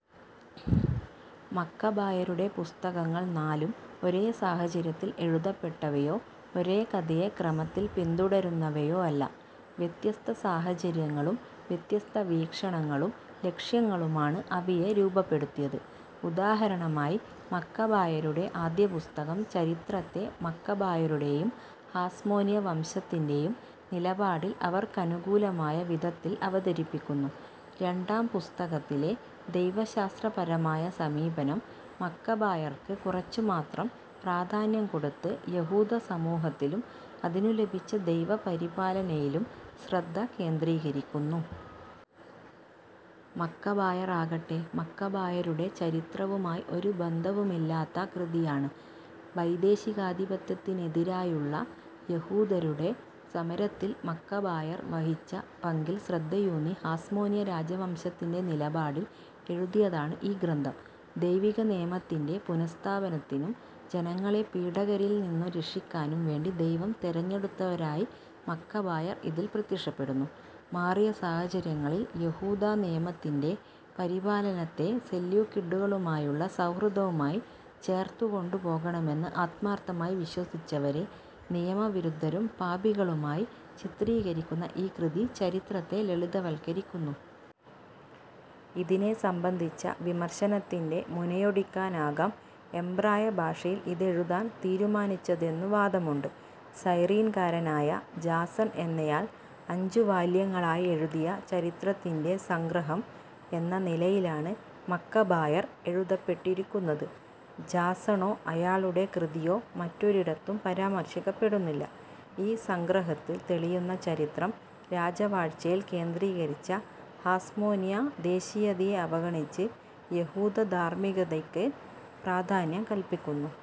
മക്കബായരുടെ പുസ്തകങ്ങൾ നാലും ഒരേ സാഹചര്യത്തിൽ എഴുതപ്പെട്ടവയോ ഒരേ കഥയെ ക്രമത്തിൽ പിന്തുടരുന്നവയോ അല്ല. വ്യത്യസ്തസാഹചര്യങ്ങളും വ്യത്യസ്തവീക്ഷണങ്ങളും ലക്ഷ്യങ്ങളുമാണ് അവയെ രൂപപ്പെടുത്തിയത്. ഉദാഹരണമായി മക്കബായരുടെ ആദ്യപുസ്തകം ചരിത്രത്തെ, മക്കബായരുടേയും ഹാസ്മോനിയ വംശത്തിന്റേയും നിലപാടിൽ അവർക്കനുകൂലമായ വിധത്തിൽ അവതരിപ്പിക്കുന്നു. രണ്ടാം പുസ്തകത്തിലെ ദൈവശാസ്ത്രപരമായ സമീപനം, മക്കബായർക്ക് കുറച്ചു മാത്രം പ്രാധാന്യം കൊടുത്ത് യഹൂദസമൂഹത്തിലും അതിനു ലഭിച്ച ദൈവപരിപാലനയിലും ശ്രദ്ധകേന്ദ്രീകരിക്കുന്നു. മക്കബായർ ആകട്ടെ, മക്കബായരുടെ ചരിത്രവുമായി ഒരു ബന്ധവുമില്ലാത്ത കൃതിയാണ്. വൈദേശികാധിപത്യത്തിനെതിരായുള്ള യഹൂദരുടെ സമരത്തിൽ മക്കബായർ വഹിച്ച പങ്കിൽ ശ്രദ്ധയൂന്നി ഹാസ്മോനിയ രാജവംശത്തിന്റെ നിലപാടിൽ എഴുതിയതാണ് ഈ ഗ്രന്ഥം. ദൈവികനിയമത്തിന്റെ പുനഃസ്ഥാപനത്തിനും ജനങ്ങളെ പീഡകരിൽ നിന്നു രക്ഷിക്കാനും വേണ്ടി ദൈവം തെരഞ്ഞെടുത്തവരായി മക്കബായർ ഇതിൽ പ്രത്യക്ഷപ്പെടുന്നു. മാറിയ സാഹചര്യങ്ങളിൽ, യഹൂദനിയമത്തിന്റെ പരിപാലനത്തെ സെല്യൂക്കിഡുകളുമായുള്ള സൗഹൃദവുമായി ചേർത്തുകൊണ്ടു പോകണമെന്ന് ആത്മാർത്ഥമായി വിശ്വസിച്ചവരെ നിയമവിരുദ്ധരും പാപികളുമായി ചിത്രീകരിക്കുന്ന ഈ കൃതി ചരിത്രത്തെ ലളിതവൽക്കരിക്കുന്നു. ഇതിനെ സംബന്ധിച്ച വിമർശനത്തിന്റെ മുനയൊടിക്കാനാകാം എബ്രായ ഭാഷയിൽ ഇതെഴുതാൻ തീരുമാനിച്ചതെന്നു വാദമുണ്ട്. സൈറീൻകാരനായ ജാസൺ എന്നയാൾ അഞ്ചു വാല്യങ്ങളായി എഴുതിയ ചരിത്രത്തിന്റെ സംഗ്രഹം എന്ന നിലയിലാണ് മക്കബായർ എഴുതപ്പെട്ടിരിക്കുന്നത്. ജാസണോ അയാളുടെ കൃതിയോ മറ്റൊരിടത്തും പരാമർശിക്കപ്പെടുന്നില്ല. ഈ സംഗ്രഹത്തിൽ തെളിയുന്ന ചരിത്രം, രാജവാഴ്ചയിൽ കേന്ദ്രീകരിച്ച ഹാസ്മോനിയ ദേശീയതയെ അവഗണിച്ച് യഹൂദധാർമ്മികതയ്ക്ക് പ്രാധാന്യം കല്പിക്കുന്നു.